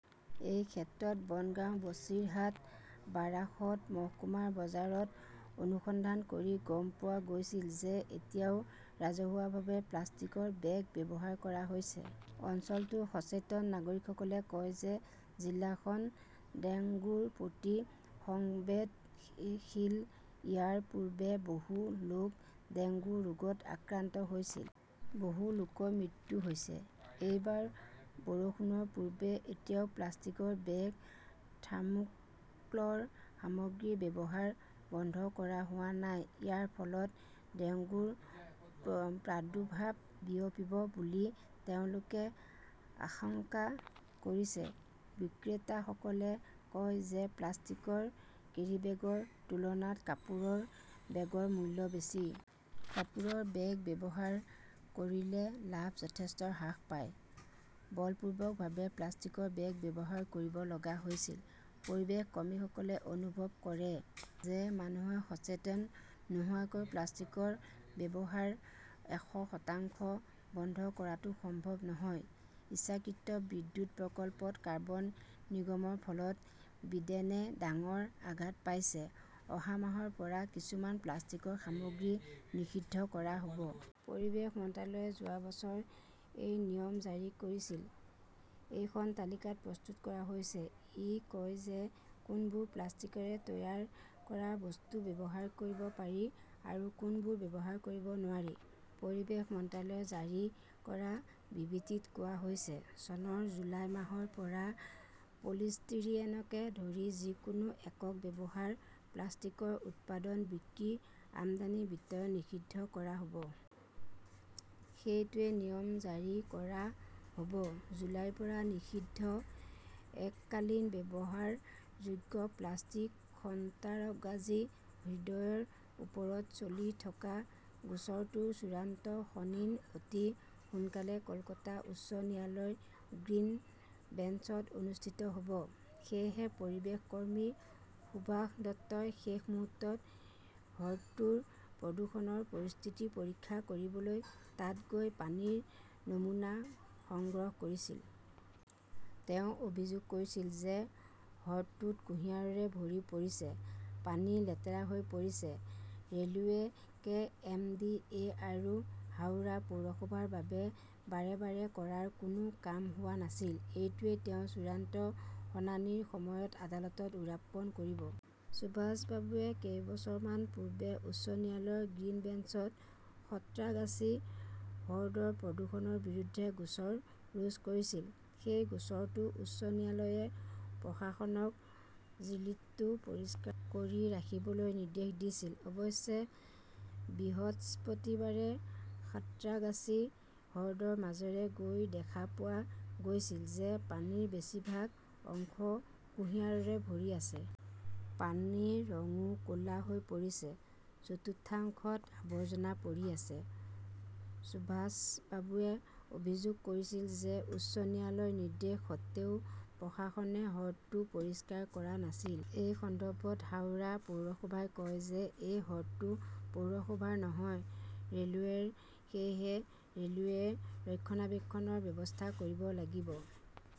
"এই ক্ষেত্ৰত, বনগাঁও, বছিৰহাট, বাৰাসত মহকুমাৰ বজাৰত অনুসন্ধান কৰি গম পোৱা গৈছিল যে এতিয়াও ৰাজহুৱাভাৱে প্লাষ্টিকৰ বেগ ব্যৱহাৰ কৰা হৈছে। অঞ্চলটোৰ সচেতন নাগৰিকসকলে কয় যে জিলাখন ডেংগুৰ প্ৰতি সংবেদনশীল। ইয়াৰ পূৰ্বে বহু লোক ডেংগু ৰোগত আক্ৰান্ত হৈছিল। বহু লোকৰ মৃত্যু হৈছে। এইবাৰ বৰষুণৰ পূৰ্বে এতিয়াও প্লাষ্টিকৰ বেগ, থাৰ্মোক্লৰ সামগ্ৰীৰ ব্যৱহাৰ বন্ধ কৰা হোৱা নাই। ইয়াৰ ফলত ডেংগুৰ প্ৰাদুৰ্ভাৱ বিয়পিব বুলি তেওঁলোকে আশংকা কৰিছে। বিক্ৰেতাসকলে কয় যে প্লাষ্টিকৰ কেৰীবেগৰ তুলনাত কাপোৰৰ বেগৰ মূল্য বেছি। কাপোৰৰ বেগ ব্যৱহাৰ কৰিলে লাভ যথেষ্ট হ্ৰাস পায়। বলপূৰ্বকভাৱে প্লাষ্টিকৰ বেগ ব্যৱহাৰ কৰিব লগা হৈছিল। পৰিৱেশ কৰ্মীসকলে অনুভৱ কৰে যে মানুহে সচেতন নোহোৱাকৈ প্লাষ্টিকৰ ব্যৱহাৰ এশ শতাংশ বন্ধ কৰাটো সম্ভৱ নহয়। ইচ্ছাকৃত বিদ্যুৎ প্ৰকল্পত কাৰ্বন নিৰ্গমনৰ ফলত বিডেনে ডাঙৰ আঘাত পাইছে অহা মাহৰ পৰা কিছুমান প্লাষ্টিকৰ সামগ্ৰী নিষিদ্ধ কৰা হ "ব! পৰিৱেশ মন্ত্ৰালয়ে যোৱা বছৰ এই নিয়ম জাৰি কৰিছিল। এখন তালিকা প্ৰস্তুত কৰা হৈছে। ই কয় যে কোনবোৰ প্লাষ্টিকৰে তৈয়াৰ কৰা বস্তু ব্যৱহাৰ কৰিব পাৰি আৰু কোনবোৰ ব্যৱহাৰ কৰিব নোৱাৰি। পৰিৱেশ মন্ত্ৰালয়ে জাৰি কৰা বিবৃতিত কোৱা হৈছে, " চনৰ জুলাই মাহৰ পৰা পলিষ্টিৰিনকে ধৰি যিকোনো একক ব্যৱহাৰৰ প্লাষ্টিকৰ উৎপাদন, বিক্ৰী, আমদানি, বিতৰণ নিষিদ্ধ কৰা হ" ব। "সেইটোৱেই নিয়ম জাৰি কৰা হ" ব। জুলাইৰ পৰা নিষিদ্ধ এককালীন ব্যৱহাৰযোগ্য প্লাষ্টিক সন্তৰাগাছী হ্ৰদৰ ওপৰত চলি থকা গোচৰটোৰ চূড়ান্ত শুনানি অতি সোনকালেই কলকাতা উচ্চ ন্যায়ালয়ৰ গ্ৰীণ বেঞ্চত অনুষ্ঠিত হ "ব। সেয়েহে পৰিৱেশ কৰ্মী সুভাষ দত্তই শেষ মুহূৰ্তত হ্ৰদটোৰ প্ৰদূষণৰ পৰিস্থিতি পৰীক্ষা কৰিবলৈ তাত গৈ পানীৰ নমুনা সংগ্ৰহ কৰিছিল। তেওঁ অভিযোগ কৰিছিল যে হ্ৰদটো কুঁহিয়াৰেৰে ভৰি পৰিছে। পানী লেতেৰা হৈ পৰিছে। "Railway, K. M. D. A. আৰু হাওৰা পৌৰসভাৰ বাবে বাৰে বাৰে কৰাৰ কোনো কাম হোৱা নাছিল। এইটোৱেই তেওঁ চূড়ান্ত শুনানিৰ সময়ত আদালতত উত্থাপন কৰিব। সুভাষ বাবুৱে কেইবছৰমান পূৰ্বে উচ্চ ন্যায়ালয়ৰ গ্ৰীণ বেঞ্চত সাঁত্ৰাগাছী হ্ৰদৰ প্ৰদূষণৰ বিৰুদ্ধে গোচৰ ৰুজু কৰিছিল। সেই গোচৰটোত উচ্চ ন্যায়ালয়ে প্ৰশাসনক ঝিলটো পৰিষ্কাৰ কৰি ৰাখিবলৈ নিৰ্দেশ দিছিল। অৱশ্যে, বৃহস্পতিবাৰে সাঁত্ৰাগাছী হ্ৰদৰ মাজেৰে গৈ দেখা পোৱা গৈছিল যে পানীৰ বেছিভাগ অংশ কুঁহিয়াৰেৰে ভৰি আছে। পানীৰ ৰংও ক 'লা হৈ পৰিছে। চতুৰ্থাংশত আৱৰ্জনা পৰি আছে। সুভাষ বাবুৱে অভিযোগ কৰিছিল যে উচ্চ ন্যায়ালয়ৰ নিৰ্দেশ সত্বেও প্ৰশাসনে হ্ৰদটো পৰিষ্কাৰ কৰা নাছিল। এই সন্দৰ্ভত হাওৰা পৌৰসভাই কয় যে এই হ্ৰদটো পৌৰসভাৰ নহয়, ৰে "লৱেৰ। সেয়েহে ৰে "লৱেই ৰক্ষণাবেক্ষণৰ ব্যৱস্থা কৰিব লাগিব। যদিও